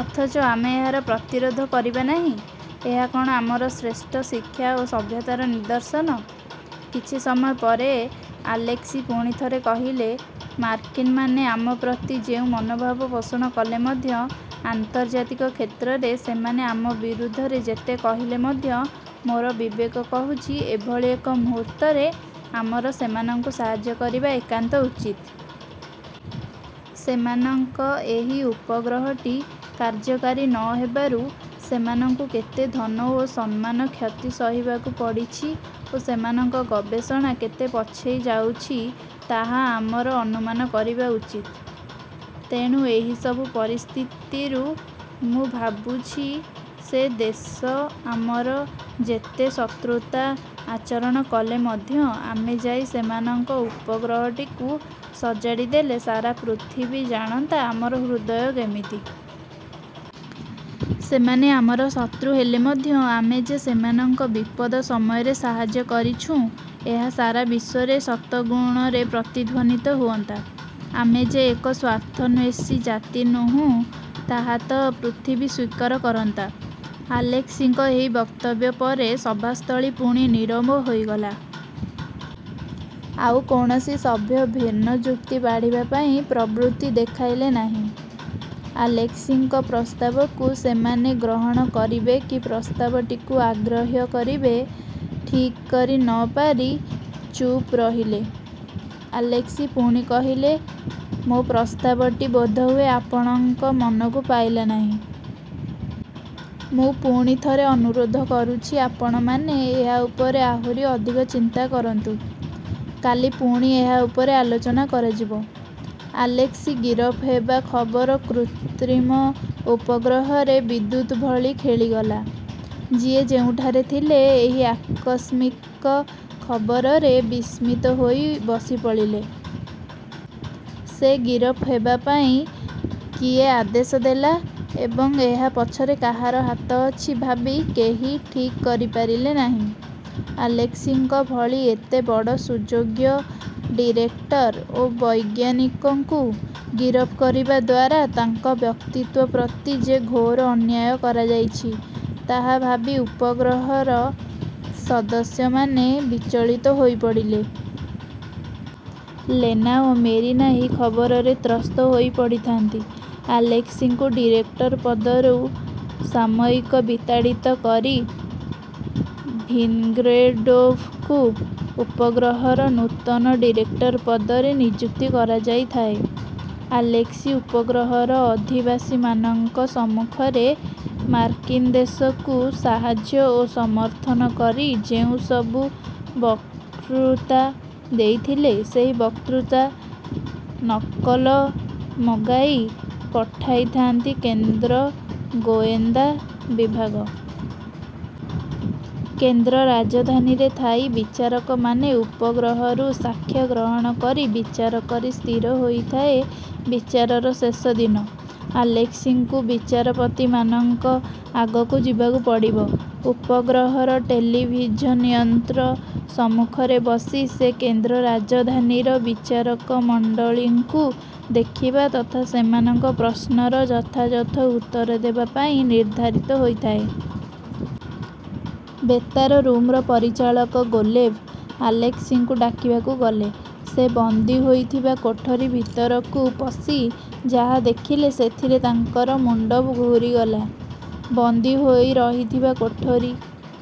ଅଥଚ ଆମେ ଏହାର ପ୍ରତିରୋଧ କରିବା ନାହିଁ? ଏହା କ'ଣ ଆମର ଶ୍ରେଷ୍ଠ ଶିକ୍ଷା ଓ ସଭ୍ୟତାର ନିଦର୍ଶନ? '' କିଛି ସମୟପରେ ଆଲେସ୍କି ପୁଣି ଥରେ କହିଲେ, ''ମାର୍କିନ୍ମାନେ ଆମପ୍ରତି ଯେଉଁ ମନୋଭାବ ପୋଷଣ କଲେ ମଧ୍ୟ, ଆନ୍ତର୍ଜାତିକ କ୍ଷେତ୍ରରେ ସେମାନେ ଆମ ବିରୁଦ୍ଧରେ ଯେତେ କହିଲେ ମଧ୍ୟ ମୋର ବିବେକ କହୁଛି ଏଭଳି ଏକ ମୁହୂର୍ତ୍ତରେ ଆମର ସେମାନଙ୍କୁ ସାହାଯ୍ୟ କରିବା ଏକାନ୍ତ ଉଚିତ। ସେମାନଙ୍କ ଏହି ଉପଗ୍ରହଟି କାର୍ଯ୍ୟକାରୀ ନ ହେବାରୁ ସେମାନଙ୍କୁ କେତେ ଧନ ଓ ସମ୍ମାନ କ୍ଷତି ସହିବାକୁ ପଡ଼ିଛି ଓ ସେମାନଙ୍କ ଗବେଷଣା କେତେ ପଛେଇ ଯାଉଛି ତାହା ଆମର ଅନୁମାନ କରିବା ଉଚିତ। ତେଣୁ ଏହି ସବୁ ପରିସ୍ଥିତିରୁ ମୁଁ ଭାବୁଛି, ସେ ଦେଶ ଆମର ଯେତେ ଶତ୍ରୁତା ଆଚରଣ କଲେ ମଧ୍ୟ ଆମେ ଯାଇ ସେମାନଙ୍କ ଉପଗ୍ରହଟିକୁ ସଜାଡ଼ିଦେଲେ ସାରା ପୃଥିବୀ ଜାଣନ୍ତା ଆମର ହୃଦୟ କେମିତି? ସେମାନେ ଆମର ଶତ୍ରୁ ହେଲେ ମଧ୍ୟ ଆମେ ଯେ ସେମାନଙ୍କ ବିପଦ ସମୟରେ ସାହାଯ୍ୟ କରିଛୁଁ, ଏହା ସାରା ବିଶ୍ୱରେ ଶତଗୁଣରେ। ପ୍ରତିଧ୍ୱନିତ ହୁଅନ୍ତା। ଆମେ ଯେ ଏକ ସ୍ୱାର୍ଥନ୍ୱେଷୀ ଜାତି ନୋହୁଁ, ତାହା ତ ପୃଥିବୀ ସ୍ୱୀକାର କରନ୍ତା। '' ଆଲେସ୍କିଙ୍କର ଏହି ବକ୍ତବ୍ୟ ପରେ ସଭାସ୍ଥଳ ପୁଣି ନୀରବ ହୋଇଗଲା। ଆଉ କୌଣସି ସଭ୍ୟ ଭିନ୍ନ ଯୁକ୍ତି ବାଢ଼ିବା ପାଇଁ ପ୍ରବୃତ୍ତି ଦେଖାଇଲେ ନାହିଁ। ଆଲେସ୍କିଙ୍କର ପ୍ରସ୍ତାବକୁ ସେମାନେ ଗ୍ରହଣ କରିବେ କି ପ୍ରସ୍ତାବଟିକୁ ଆଗ୍ରାହ୍ୟ କରିବେ, ଠିକ୍ କରି ନ ପାରି ଚୁପ୍ରହିଲେ। ଆଲେସ୍କି ପୁଣି କହିଲେ, ''ମୋ ପ୍ରସ୍ତାବଟି ବୋଧହୁଏ ଆପଣମାନଙ୍କ ମନକୁ ପାଇଲା ନାହିଁ। ମୁଁ ପୁଣି ଥରେ ଅନୁରୋଧ କରୁଛି ଆପଣମାନେ ଏହା ଉପରେ ଆହୁରି ଅଧିକ ଚିନ୍ତା କରନ୍ତୁ-। କାଲି ପୁଣି ଏହା ଉପରେ ଆଲୋଚନା କରାଯିବ। '' ଆଲେସ୍କି ଗିରଫ ହେବା ଖବର କୃତ୍ରିମ ଉପଗ୍ରହରେ ବିଦ୍ୟୁତ୍ ଭଳି ଖେଳିଗଲା। ଯିଏ ଯେଉଁଠାରେ ଥିଲେ ଏହି ଆକସ୍ମିକ ଖବରରେ ବିସ୍ମିତ ହୋଇ ବସିପଡ଼ିଲେ। ସେ ଗିରଫ ହେବା ପାଇଁ କିଏ ଆଦେଶ ଦେଲା ଏବଂ ଏହା ପଛରେ କାହାର ହାତ ଅଛି ଭାବି କେହି ଠିକ୍ କରିପାରିଲେ ନାହିଁ। ଆଲେସ୍କିଙ୍କ ଭଳି ଏତେବଡ଼ ସୁଯୋଗ୍ୟ ଡିରେକ୍ଟର ଓ ବୈଜ୍ଞାନିକଙ୍କୁ ଗିରଫ କରିବା ଦ୍ୱାରା ତାଙ୍କ ବ୍ୟକ୍ତିତ୍ୱ ପ୍ରତି ଯେ ଘୋର ଅନ୍ୟାୟ କରାଯାଇଛି, ତାହା ଭାବି ଉପଗ୍ରହର ସଦସ୍ୟମାନେ ବିଚଳିତ ହୋଇପଡ଼ିଲେ। ଲେନା ଓ ମେରିନା ଏହି ଖବରରେ ତ୍ରସ୍ତ ହୋଇପଡ଼ିଥାନ୍ତି-। ଆଲେସ୍କିଙ୍କୁ ଡିରେକ୍ଟର ପଦରୁ ସାମୟିକ ବିତାଡ଼ିତ କରି ଭିନ୍ଗ୍ରେଡ଼ୋଭ୍ଙ୍କୁ ଉପଗ୍ରହର ନୂତନ ଡିରେକ୍ଟର ପଦରେ ନିଯୁକ୍ତ କରାଯାଇଥାଏ। ଆଲେସ୍କି ଉପଗ୍ରହର ଅଧିବାସୀମାନଙ୍କ ସମ୍ମୁଖରେ ମାର୍କିନ୍ଦେଶକୁ ସାହାଯ୍ୟ ଓ ସମର୍ଥନ କରି ଯେଉଁ ସବୁ ବକ୍ତୃତା ଦେଇଥିଲେ, ସେହି ବକ୍ତୃତାର ନକଲ ମଗାଇ ପଠାଇଥାନ୍ତି କେନ୍ଦ୍ର ଗୋଏନ୍ଦା ବିଭାଗ। କେନ୍ଦ୍ର ରାଜଧାନୀରେ ଥାଇ ବିଚାରକମାନେ ଉପଗ୍ରହରୁ ସାକ୍ଷ୍ୟ ଗ୍ରହଣ କରି ବିଚାର କରି ସ୍ଥିର ହୋଇଥାଏ-। ବିଚାରର ଶେଷ ଦିନ। ଆଲେସ୍କିଙ୍କୁ ବିଚାରପତିମାନଙ୍କ ଆଗକୁ ଯିବାକୁ ପଡ଼ିବ। ଉପଗ୍ରହର ଟେଲିଭିଜନ୍ଯନ୍ତ୍ର ସମ୍ମୁଖରେ ବସି ସେ କେନ୍ଦ୍ର ରାଜଧାନୀର ବିଚାରକମଣ୍ଡଳୀଙ୍କୁ ଦେଖିବା ତଥା ସେମାନଙ୍କ ପ୍ରଶ୍ନର ଯଥାଯଥ ଉତ୍ତର ଦେବା ପାଇଁ ନିର୍ଦ୍ଧାରିତ ହୋଇଥାଏ। ବେତାର ରୁମ୍ର ପରିଚାଳକ ଗୋଲେଭ୍ ଆଲେସ୍କିଙ୍କୁ ଡାକିବାକୁ ଗଲେ। ସେ ବନ୍ଦୀ ହୋଇଥିବା କୋଠରି ଭିତରକୁ ପଶି ଯାହା ଦେଖିଲେ ସେଥିରେ ତାଙ୍କର ମୁଣ୍ଡ ଘୂରିଗଲା। ବନ୍ଦୀ ହୋଇ ରହିଥିବା କୋଠରି